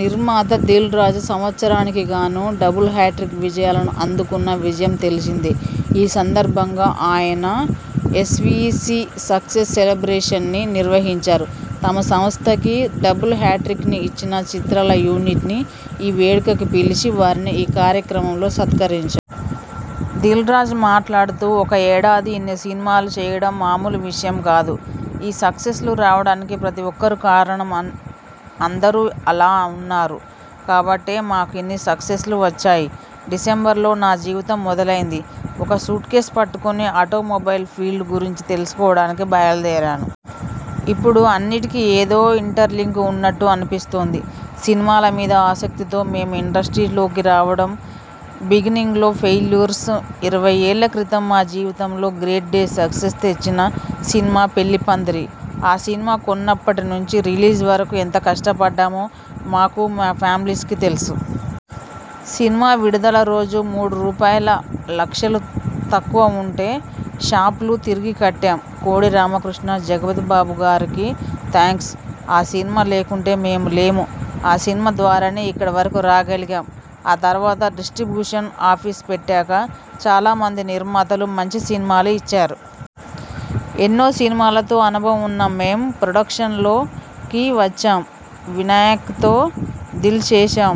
నిర్మాత దిల్ రాజు సంవత్సరానికి గానూ డబుల్ హ్యాట్రిక్ విజయాలను అందుకున్న విజయం తెలిసిందే. ఈ సందర్భంగా ఆయన ఎస్. వి. సి. సక్సెస్ సెలబ్రేషన్స్ని నిర్వహించారు. తమ సంస్థకి డబుల్ హ్యాట్రిక్ని ఇచ్చిన చిత్రాల యూనిట్ని ఈ వేడుక కి పిలిచి వారిని ఈ కార్యక్రమంలో సత్కరించారు. దిల్రాజు మాట్లాడుతూ ''ఒక ఏడాది ఇన్ని సినిమాలు చేయడం మామూలు విషయం కాదు. ఈ సక్సెస్లు రావడానికి ప్రతి ఒక్కరూ కారణం. అన్ అందరూ అలా ఉన్నారు కాబట్టే మాకు ఇన్ని సక్సెస్లు వచ్చాయి. డిసెంబర్లో నా జీవితం మొదలైంది. ఒక సూట్కేస్ పట్టుకుని ఆటోమొబైల్ ఫీల్డ్ గురించి తెలుసుకోవడానికి బయలుదేరాను. ఇప్పుడు అన్నిటికి ఏదో ఇంటర్లింక్ ఉన్నట్టు అనిపిస్తోంది. సినిమాల మీద ఆసక్తితో మేం ఇండస్ట్రీలోకి రావడం, బిగినింగ్లో ఫెయిల్యూర్స్ ఇరవై ఏళ్ల క్రితం మా జీవితంలో గ్రేట్ డే సక్సెస్ తెచ్చిన సినిమా పెళ్లిపందిరి. ఆ సినిమా కొన్నప్పటి నుంచి రిలీజ్ వరకు ఎంత కష్టపడ్డామో మాకు, మా ఫ్యామిలీస్కి తెలుసు. సినిమా విడుదల రోజు మూడు రూపాయల లక్షలు తక్కువ ఉంటే షాప్లు తిరిగి కట్టాం. కోడి రామకృష్ణ, జగపతిబాబుగారుకి థాంక్స్. ఆ సినిమా లేకుంటే మేము లేము. ఆ సినిమా ద్వారానే ఇక్కడి వరకు రాగలిగాం. ఆ తర్వాత డిస్ట్రిబ్యూషన్ ఆఫీస్ పెట్టాక చాలా మంది నిర్మాతలు మంచి సినిమాలు ఇచ్చారు. ఎన్నో సినిమాలతో అనుభవం ఉన్న మేం ప్రొడక్షన్లోకి వచ్చాం. వినాయక్తో దిల్ చేశాం.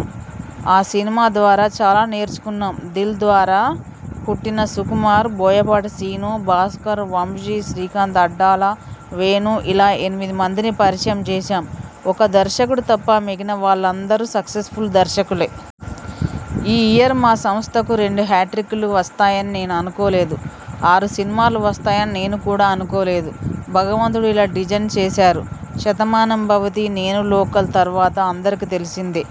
ఆ సినిమా ద్వారా చాలా నేర్చుకున్నాం. దిల్ ద్వారా పుట్టిన సుకుమార్, బోయపాటి శ్రీను, భాస్కర్, వంశీ, శ్రీకాంత్ అడ్డాల, వేణు.. ఇలా ఎనిమిది మందిని పరిచయం చేశాం. ఒక్క దర్శకుడు తప్ప మిగిలిన వాళ్లందరూ సక్సెస్ఫుల్ దర్శకులే. ఈ ఇయర్ మా సంస్థకు రెండు హ్యాట్రిక్లు వస్తాయని నేను అనుకోలేదు. ఆరు సినిమాలు వస్తాయని నేను కూడా అనుకోలేదు. భగవంతుడు ఇలా డిజైన్ చేశారు. శతమానం భవతి, నేను లోకల్ తర్వాత అందరికీ తెలిసిందే..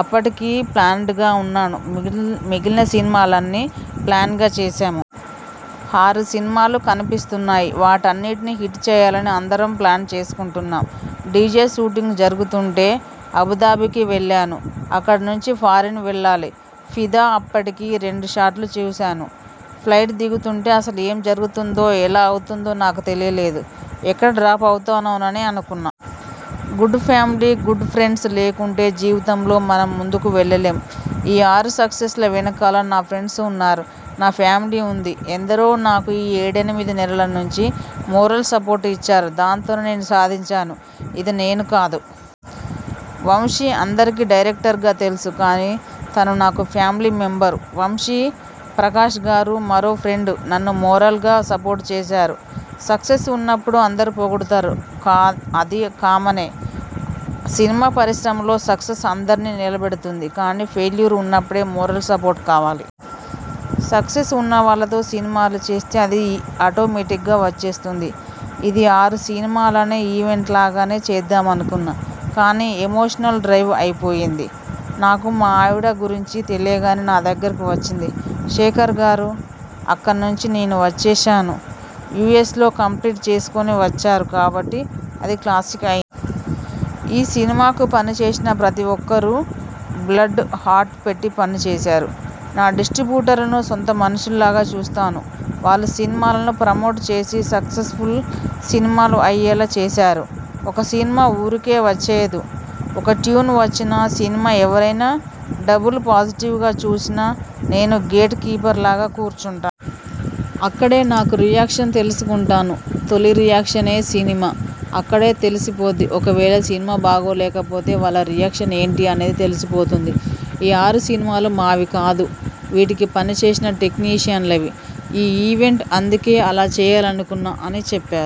అప్పటికి ప్లాన్డ్గా ఉన్నాను. మిగి మిగిలిన సినిమాలన్నీ ప్లాన్గా చేశాము. ఆరు సినిమాలు కనిపిస్తున్నాయి. వాటన్నిటినీ హిట్ చేయాలని అందరం ప్లాన్ చేసుకుంటున్నాం. డీజే షూటింగ్ జరుగుతుంటే అబుదాబీకి వెళ్లాను. అక్కడి నుంచి ఫారిన్ వెళ్లాలి. ఫిదా అప్పటికి రెండు షాట్లు చూశాను. ఫ్లైట్ దిగుతుంటే అసలు ఏం జరుగుతుందో, ఎలా అవుతుందో నాకు తెలియలేదు. ఎక్కడ డ్రాప్ అవుతానోనని అనుకున్నా. గుడ్ ఫ్యామిలీ, గుడ్ ఫ్రెండ్స్ లేకుంటే జీవితంలో మనం ముందుకు వెళ్లలేం. ఈ ఆరు సక్సెస్ల వెనకాల నా ఫ్రెండ్స్ ఉన్నారు. నా ఫ్యామిలీ ఉంది. ఎందరో నాకు ఈ ఏడెనిమిది నెలల నుంచి మోరల్ సపోర్ట్ ఇచ్చారు. దాంతోనే నేను సాధించాను. ఇది నేను కాదు. వంశీ అందరికీ డైరక్టర్గా తెలుసు. కానీ తను నాకు ఫ్యామిలీ మెంబర్. వంశీ, ప్రకాష్ గారు, మరో ఫ్రెండ్ నన్ను మోరల్గా సపోర్ట్ చేశారు. సక్సెస్ ఉన్నప్పుడు అందరూ పొగుడుతారు క అది కామనే. సినిమా పరిశ్రమలో సక్సెస్ అందరినీ నిలబెడుతుంది. కానీ ఫెయిల్యూర్ ఉన్నప్పుడే మోరల్ సపోర్ట్ కావాలి. సక్సెస్ ఉన్నవాళ్లతో సినిమాలు చేస్తే అది ఆటోమేటిగ్గా వచ్చేస్తుంది. ఇది ఆరు సినిమాలనే ఈవెంట్లాగానే చేద్దామనుకున్నా. కానీ ఎమోషనల్ డ్రైవ్ అయిపోయింది. నాకు మా ఆవిడ గురించి తెలియగానే నా దగ్గరకు వచ్చింది శేఖర్గారు. అక్కడనుంచి నేను వచ్చేశాను. యు. ఎస్. లో కంప్లీట్ చేసుకుని వచ్చారు కాబట్టి అది క్లాసిక్ అయి ఈ సినిమాకు పనిచేసిన ప్రతి ఒక్కరూ బ్లడ్, హార్ట్ పెట్టి పనిచేశారు. నా డిస్ట్రిబ్యూటర్లను సొంత మనుషుల్లాగా చూస్తాను. వాళ్లు సినిమాలను ప్రమోట్ చేసి సక్సెస్ఫుల్ సినిమాలు అయ్యేలా చేశారు. ఒక సినిమా ఊరికే వచ్చేయదు. ఒక ట్యూన్ వచ్చినా, సినిమా ఎవరైనా డబుల్ పాజిటివ్గా చూసినా నేను గేట్ కీపర్లాగా కూర్చుంట అక్కడే నాకు రియాక్షన్ తెలుసుకుంటాను. తొలి రియాక్షనే సినిమా. అక్కడే తెలిసి పోద్ది. ఒకవేళ సినిమా బాగో లేకపోతే వాళ్ల రియాక్షన్ ఏంటి అనేది తెలిసిపోతుంది. ఈ ఆరు సినిమాలు మావి కాదు. వీటికి పనిచేసిన టెక్నీషియన్లవి. ఈ ఈవెంట్ అందుకే అలా చేయాలనుకున్నా '' అని చెప్పా